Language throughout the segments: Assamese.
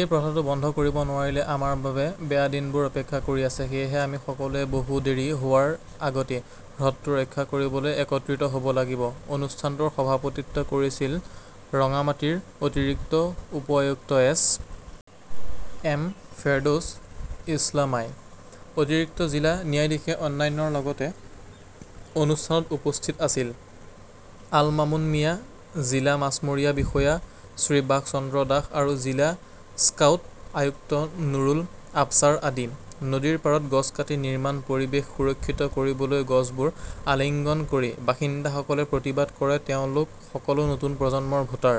এই প্ৰথাটো বন্ধ কৰিব নোৱাৰিলে আমাৰ বাবে বেয়া দিনবোৰ অপেক্ষা কৰি আছে। সেয়েহে আমি সকলোৱে বহু দেৰি হোৱাৰ আগতেই হ্ৰদটো ৰক্ষা কৰিবলৈ একত্ৰিত হ "ব লাগিব। "অনুষ্ঠানটোৰ সভাপতিত্ব কৰিছিল ৰংগামাটীৰ অতিৰিক্ত উপ-আয়ুক্ত এছ. এম. ফেৰদৌছ ইছলামই। অতিৰিক্ত জিলা ন্যায়াধীশে অন্যান্যৰ লগতে অনুষ্ঠানত উপস্থিত আছিল। আল মামুন মিয়া, জিলা মাছমৰীয়া বিষয়া শ্ৰীবাস চন্দ্ৰ দাস আৰু জিলা স্কাউট আয়ুক্ত নুৰুল আবছাৰ আদি। নদীৰ পাৰত গছ কাটি নিৰ্মাণ, পৰিৱেশ সুৰক্ষিত কৰিবলৈ গছবোৰ আলিঙ্গন কৰি বাসিন্দাসকলে প্ৰতিবাদ কৰে তেওঁলোক সকলো নতুন প্ৰজন্মৰ ভোটাৰ।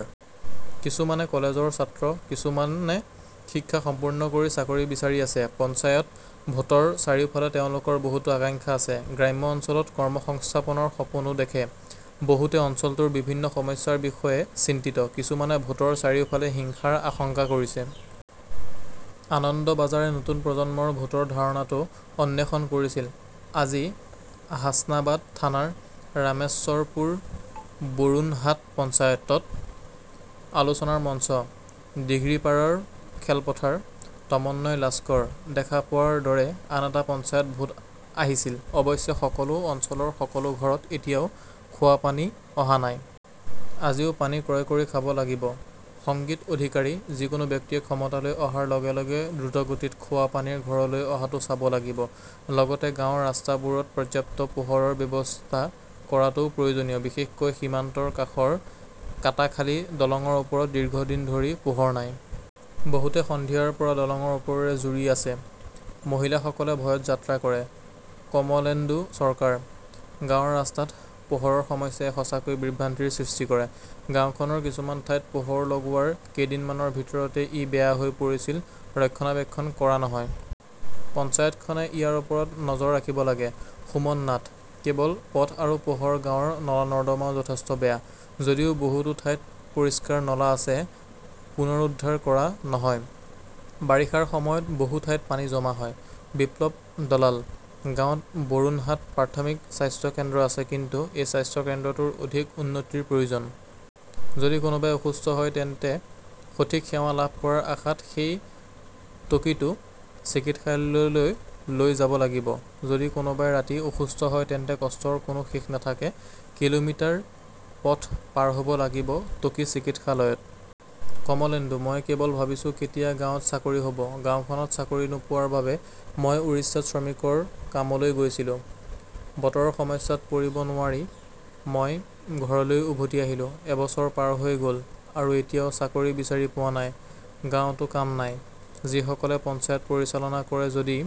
কিছুমানে কলেজৰ ছাত্ৰ, কিছুমানে শিক্ষা সম্পূৰ্ণ কৰি চাকৰি বিচাৰি আছে। পঞ্চায়ত ভোটৰ চাৰিওফালে তেওঁলোকৰ বহুতো আকাংক্ষা আছে। গ্ৰাম্য অঞ্চলত কৰ্মসংস্থাপনৰ সপোনও দেখে। বহুতে অঞ্চলটোৰ বিভিন্ন সমস্যাৰ বিষয়ে চিন্তিত। কিছুমানে ভোটৰ চাৰিওফালে হিংসাৰ আশংকা কৰিছে। আনন্দবাজাৰে নতুন প্ৰজন্মৰ ভোটৰ ধাৰণাটো অন্বেষণ কৰিছিল। আজি হাচনাবাদ থানাৰ ৰামেশ্বৰপুৰ বৰুণহাট পঞ্চায়ত। আলোচনাৰ মঞ্চ, দিঘিৰপাৰৰ খেলপথাৰ। তন্ময় লাস্কৰঃ দেখা পোৱাৰ দৰে আন এটা পঞ্চায়ত ভোট আহিছিল। অৱশ্যে, সকলো অঞ্চলৰ সকলো ঘৰত এতিয়াও খোৱা পানী অহা নাই। আজিও পানী ক্ৰয় কৰি খাব লাগিব। সংগীত অধিকাৰীঃ যিকোনো ব্যক্তিয়ে ক্ষমতালৈ অহাৰ লগে লগে দ্ৰুতগতিত খোৱা পানী ঘৰলৈ অহাটো চাব লাগিব। লগতে গাঁৱৰ ৰাস্তাবোৰত পৰ্যাপ্ত পোহৰৰ ব্যৱস্থা কৰাটোও প্ৰয়োজনীয়। বিশেষকৈ সীমান্তৰ কাষৰ কাটাখালি দলংৰ ওপৰত দীৰ্ঘদিন ধৰি পোহৰ নাই। বহুতে সন্ধিয়াৰ পৰা দলংৰ ওপৰেৰে জুৰি আছে। মহিলাসকলে ভয়ত যাত্ৰা কৰে। কমলেন্দু চৰকাৰঃ গাঁৱৰ ৰাস্তাত পোহৰৰ সমস্যাই সঁচাকৈয়ে বিভ্ৰান্তিৰ সৃষ্টি কৰে। গাওঁখনৰ কিছুমান ঠাইত পোহৰ লগোৱাৰ কেইদিনমানৰ ভিতৰতে ই বেয়া হৈ পৰিছিল। ৰক্ষণাবেক্ষণ কৰা নহয়। পঞ্চায়তখনে ইয়াৰ ওপৰত নজৰ ৰাখিব লাগে। সুমন নাথঃ কেৱল পথ আৰু পোহৰ, গাঁৱৰ নলা-নৰ্দমাও যথেষ্ট বেয়া। যদিও বহুতো ঠাইত পৰিষ্কাৰ নলা আছে, পুনৰুদ্ধাৰ কৰা নহয়। বাৰিষাৰ সময়ত বহু ঠাইত পানী জমা হয়। বিপ্লৱ দলালঃ গাঁৱত বৰুণহাট প্ৰাথমিক স্বাস্থ্য কেন্দ্ৰ আছে, কিন্তু এই স্বাস্থ্য কেন্দ্ৰটোৰ অধিক উন্নতিৰ প্ৰয়োজন। যদি কোনোবাই অসুস্থ হয় তেন্তে সঠিক সেৱা লাভ কৰাৰ আশাত সেই টকীটো চিকিৎসালয়লৈ লৈ যাব লাগিব। যদি কোনোবাই ৰাতি অসুস্থ হয় তেন্তে কষ্টৰ কোনো শেষ নাথাকে। কিলোমিটাৰ পথ পাৰ হ "ব লাগিব টকি চিকিৎসালয়ত। কমলেন্দুঃ মই কেৱল ভাবিছোঁ কেতিয়া গাঁৱত চাকৰি হ 'ব। গাওঁখনত চাকৰি নোপোৱাৰ বাবে মই উৰিষ্যাত শ্ৰমিকৰ কামলৈ গৈছিলো। বতৰৰ সমস্যাত পৰিব নোৱাৰি মই ঘৰলৈ উভতি আহিলো। এবছৰ পাৰ হৈ গ "ল আৰু এতিয়াও চাকৰি বিচাৰি পোৱা নাই। গাঁৱতো কাম নাই। যিসকলে পঞ্চায়ত পৰিচালনা কৰে, যদি